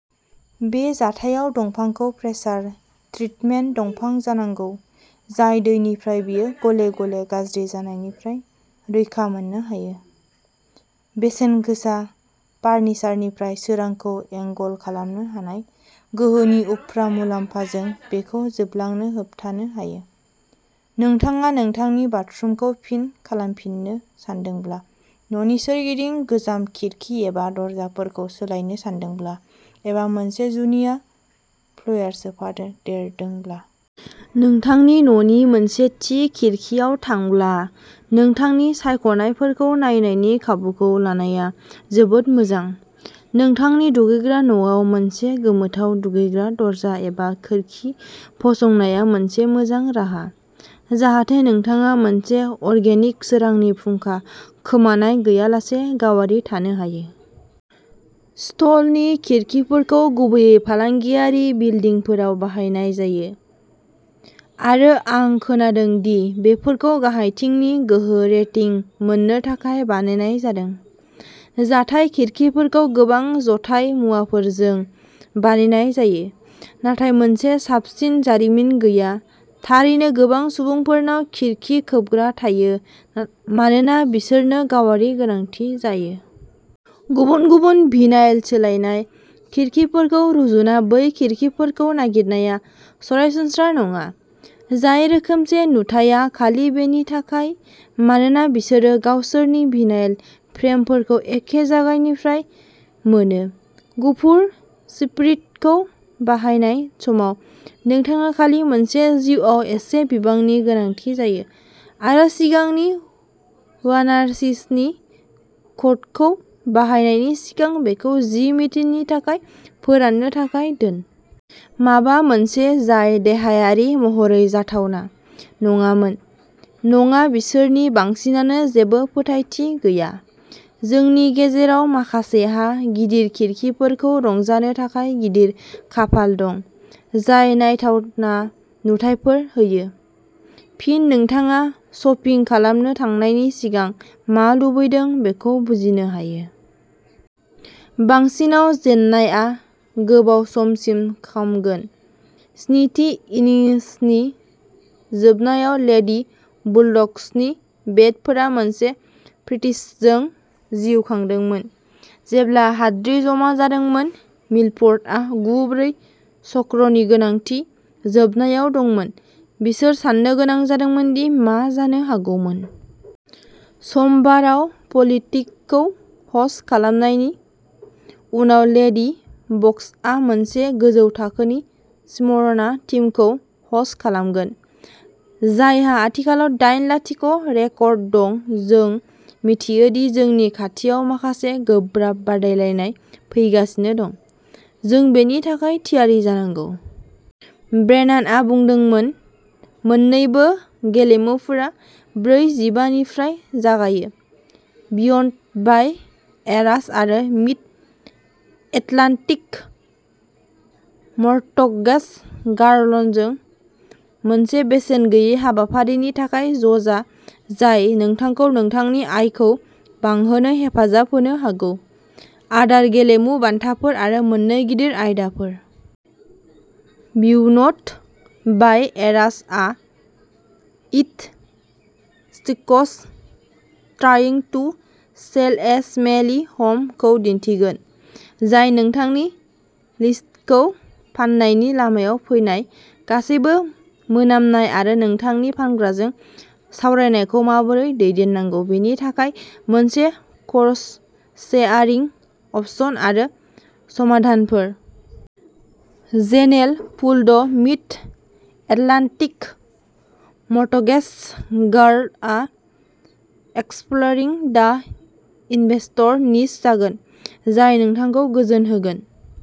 बे जाथायाव, दंफांखौ प्रेसार ट्रिटमेन्ट दंफां जानांगौ, जाय दैनिफ्राय बेयो गले गले गाज्रि जानायनिफ्राय रैखा मोननो हायो। बेसेनगोसा फारनिचारनिफ्राय सोरांखौ एंगल खालामनो हानाय गोहोनि उफ्रा मुलामफाजों बेखौ जोबलांनो होबथानो हायो। नोंथाङा नोंथांनि बाथरुमखौ फिन खालामफिननो सानदोंब्ला, न'नि सोरगिदिं गोजाम खिरखि एबा दरजाफोरखौ सोलायनो सानदोंब्ला, एबा मोनसे जुनिया फ्लेयार सोफादेरदेरदोंब्ला। नोंथांनि न'नि मोनसे थि खोरखिआव थांब्ला, नोंथांनि सायख'नायफोरखौ नायनायनि खाबुखौ लानाया जोबोद मोजां। नोंथांनि दुगैग्रा न'आव मोनसे गोमोथाव दुगैग्रा दरजा एबा खिरखि फसंनाया मोनसे मोजां राहा, जाहाथे नोंथाङा मोनसे अरगेनिक सोरांनि फुंखा खोमानाय गैयालासे गावारि थानो हायो। स्टिलनि खिरखिफोरखौ गुबैयै फालांगियारि बिलडिंफोराव बाहायनाय जायो, आरो आं खोनादों दि बेफोरखौ गाहायथिंनि गोहो रेटिं मोननो थाखाय बानायनाय जादों। जाथाय खिरखिफोरखौ गोबां ज'थाय मुवाफोरजों बानायनाय जायो। नाथाय मोनसे साबसिन जारिमिन गैया। थारैनो गोबां सुबुंफोरनाव खिरखि खोबग्रा थायो मानोना बिसोरनो गावारि गोनांथि जायो। गुबुन-गुबुन भिनाइल सोलायनाय खिरखिफोरखौ रुजुना बै खिरखिफोरखौ नागिरनाया सरासनस्रा नङा, जाय रोखोमसे। नुथाइया खालि बेनि थाखाय मानोना बिसोरो गावसोरनि भिनाइल फ्रेमफोरखौ एखे जगायग्रानिफ्राय मोनो। गुफुर स्पिरिटखौ बाहायनाय समाव नोंथाङा खालि मोनसे जिउआव एसे बिबांनि गोनांथि जायो, आरो सिगांनि वानारशिसनि कटखौ बाहायनायनि सिगां बेखौ जि मिटिनि थाखाय फोराननो थाखाय दोन। माबा मोनसे जाय देहायारि महरै जाथावना नङामोन। नङा, बिसोरनि बांसिनानो जेबो फोथायथि गैया। जोंनि गेजेराव माखासेहा गिदिर खिरखिफोरखौ रंजानो थाखाय गिदिर खाफाल दं जाय नायथावना नुथायफोर होयो। फिन, नोंथाङा शपिं खालामनो थांनायनि सिगां मा लुबैदों बेखौ बुजिनो हायो। बांसिनआव। जेननायआ गोबाव समसिम खामगोन। स्निथि इनिसनि जोबनायाव लेडी बुलड'गसनि बेटफोरा मोनसे प्रितिशजों जिउ खांदोंमोन। जेब्ला हाद्रि जमा जादोंमोन, मिलफर्डआ गु-ब्रै शक्रनि गोनांथि जोबनायाव दंमोन। बिसोर साननो गोनां जादोंमोन दि मा जानो हागौमोन। समबाराव पलिटेकखौ ह'स्ट खालामनायनि उनाव लेडी बकसआ मोनसे गोजौ थाखोनि स्मिरना टीमखौ ह'स्ट खालामगोन, जायहा आथिखालाव दाइन-लाथिख' रेकर्ड दं। जों मिथियो दि जोंनि खाथियाव माखासे गोब्राब बादायलायनाय फैगासिनो दं, जों बेनि थाखाय थियारि जानांगौ। ब्रेनानआ बुंदोंमोन। मोननैबो गेलेमुफोरा ब्रै:जिबा निफ्राय जागायो। बिय'न्ड बाय एरास आरो मिड एटलान्टिक मरटगेज गारलनजों मोनसे बेसेन गैयै हाबाफारिनि थाखाय ज'जा, जाय नोंथांखौ नोंथांनि आयखौ बांहोनो हेफाजाब होनो हागौ! आदार, गेलेमु, बान्थाफोर, आरो मोन्नै गिदिर आयदाफोर। बिउ'नड बाय एरासआ it sticks trying to sell a smelly home खौ दिन्थिगोन। जाय नोंथांनि लिस्टखौ फाननायनि लामायाव फैनाय गासैबो मोनामनाय आरो नोंथांनि फानग्राजों सावरायनायखौ माबोरै दैदेननांगौ बेनि थाखाय मोनसे क'रस सेयारिं अपशन आरो समाधानफोर। General Poole the' Mid Atlantic Mortgage गारलआ एक्सप्ल'रिं दा इनभेस्टर निच जागोन। जाय नोंथांखौ गोजोन होगोन।